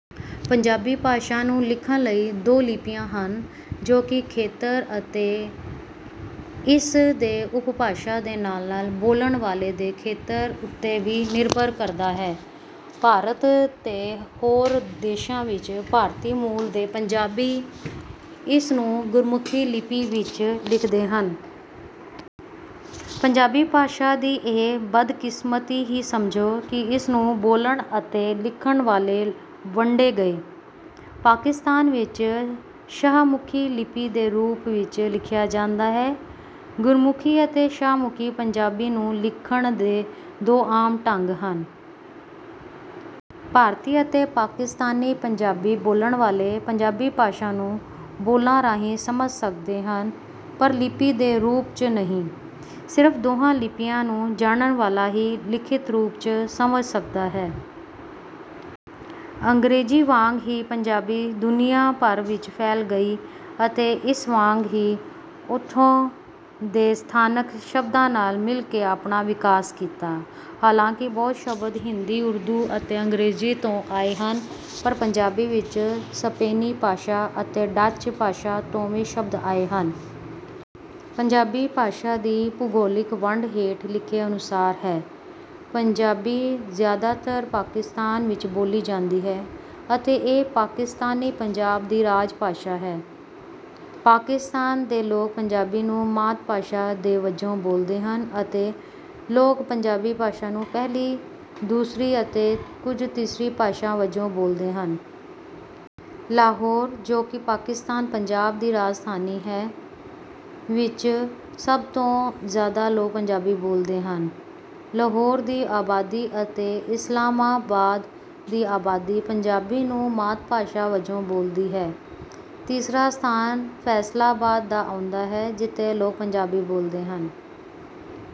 ਪੰਜਾਬੀ ਭਾਸ਼ਾ ਨੂੰ ਲਿਖਣ ਲਈ ਦੋ ਲਿਪੀਆਂ ਹਨ ਜੋ ਕਿ ਖੇਤਰ ਅਤੇ ਇਸ ਦੇ ਉਪਭਾਸ਼ਾ ਦੇ ਨਾਲ਼਼-ਨਾਲ਼ ਬੋਲਣ ਵਾਲ਼ੇ ਦੇ ਖੇਤਰ ਉੱਤੇ ਵੀ ਨਿਰਭਰ ਕਰਦਾ ਹੈ। ਭਾਰਤ ਤੇ ਹੋਰ ਦੇਸ਼ਾਂ ਵਿੱਚ ਭਾਰਤੀ ਮੂਲ ਦੇ ਪੰਜਾਬੀ ਇਸ ਨੂੰ ਗੁਰਮੁਖੀ ਲਿਪੀ ਵਿੱਚ ਲਿਖਦੇ ਹਨ। ਪੰਜਾਬੀ ਭਾਸ਼ਾ ਦੀ ਇਹ ਬਦਕਿਸਮਤੀ ਹੀ ਸਮਝੋ ਕਿ ਇਸ ਨੂੰ ਬੋਲਣ ਅਤੇ ਲਿਖਣ ਵਾਲ਼ੇ ਵੰਡੇ ਗਏ। ਪਾਕਿਸਤਾਨ ਵਿੱਚ ਸ਼ਾਹਮੁਖੀ ਲਿਪੀ ਦੇ ਰੂਪ ਵਿੱਚ ਲਿਖਿਆ ਜਾਂਦਾ ਹੈ। ਗੁਰਮੁਖੀ ਅਤੇ ਸ਼ਾਹਮੁਖੀ ਪੰਜਾਬੀ ਨੂੰ ਲਿਖਣ ਦੇ ਦੋ ਆਮ ਢੰਗ ਹਨ। ਭਾਰਤੀ ਅਤੇ ਪਾਕਿਸਤਾਨੀ ਪੰਜਾਬੀ ਬੋਲਣ ਵਾਲ਼ੇ ਪੰਜਾਬੀ ਭਾਸ਼ਾ ਨੂੰ ਬੋਲਾਂ ਰਾਹੀਂ ਸਮਝ ਸਕਦੇ ਹਨ ਪਰ ਲਿਪੀ ਦੇ ਰੂਪ 'ਚ ਨਹੀਂ। ਸਿਰਫ਼ ਦੋਹਾਂ ਲਿਪੀਆਂ ਨੂੰ ਜਾਣਨ ਵਾਲ਼ਾ ਹੀ ਲਿਖਤੀ ਰੂਪ 'ਚ ਸਮਝ ਸਕਦਾ ਹੈ। ਅੰਗਰੇਜ਼ੀ ਵਾਂਗ ਹੀ ਪੰਜਾਬੀ ਦੁਨੀਆਂ ਭਰ ਵਿੱਚ ਫੈਲ ਗਈ ਅਤੇ ਇਸ ਵਾਂਗ ਹੀ ਉੱਥੋਂ ਦੇ ਸਥਾਨਕ ਸ਼ਬਦਾਂ ਨਾਲ਼ ਮਿਲ ਕੇ ਆਪਣਾ ਵਿਕਾਸ ਕੀਤਾ। ਹਾਲਾਂਕਿ ਬਹੁਤ ਸ਼ਬਦ ਹਿੰਦੀ ਉਰਦੂ ਅਤੇ ਅੰਗਰੇਜ਼ੀ ਤੋਂ ਆਏ ਹਨ ਪਰ ਪੰਜਾਬੀ ਵਿੱਚ ਸਪੇਨੀ ਭਾਸ਼ਾ ਅਤੇ ਡੱਚ ਭਾਸ਼ਾ ਤੋਂ ਵੀ ਸ਼ਬਦ ਆਏ ਹਨ। ਪੰਜਾਬੀ ਭਾਸ਼ਾ ਦੀ ਭੂਗੋਲਿਕ ਵੰਡ ਹੇਠ ਲਿਖੇ ਅਨੁਸਾਰ ਹੈ- ਪੰਜਾਬੀ ਜ਼ਿਆਦਾਤਰ ਪਾਕਿਸਤਾਨ ਵਿੱਚ ਬੋਲੀ ਜਾਂਦੀ ਹੈ ਅਤੇ ਇਹ ਪਾਕਿਸਤਾਨੀ ਪੰਜਾਬ ਦੀ ਰਾਜ ਭਾਸ਼ਾ ਹੈ। ਪਾਕਿਸਤਾਨ ਦੇ ਲੋਕ ਪੰਜਾਬੀ ਨੂੰ ਮਾਤ-ਭਾਸ਼ਾ ਦੇ ਵਜੋਂ ਬੋਲਦੇ ਹਨ ਅਤੇ ਲੋਕ ਪੰਜਾਬੀ ਭਾਸ਼ਾ ਨੂੰ ਪਹਿਲੀ, ਦੂਸਰੀ ਅਤੇ ਕੁਝ ਤੀਸਰੀ ਭਾਸ਼ਾ ਵਜੋਂ ਬੋਲਦੇ ਹਨ। ਲਹੌਰ, ਜੋ ਕਿ ਪਾਕਿਸਤਾਨ ਪੰਜਾਬ ਦੀ ਰਾਜਧਾਨੀ ਹੈ, ਵਿੱਚ ਸਭ ਤੋਂ ਜ਼ਿਆਦਾ ਲੋਕ ਪੰਜਾਬੀ ਬੋਲਦੇ ਹਨ। ਲਹੌਰ ਦੀ ਆਬਾਦੀ ਅਤੇ ਇਸਲਾਮਾਬਾਦ ਦੀ ਆਬਾਦੀ ਪੰਜਾਬੀ ਨੂੰ ਮਾਤ-ਭਾਸ਼ਾ ਵਜੋਂ ਬੋਲਦੀ ਹੈ। ਤੀਸਰਾ ਸਥਾਨ ਫੈ਼ਸਲਾਬਾਦ ਦਾ ਆਉਂਦਾ ਹੈ, ਜਿਥੇ ਲੋਕ ਪੰਜਾਬੀ ਬੋਲਦੇ ਹਨ।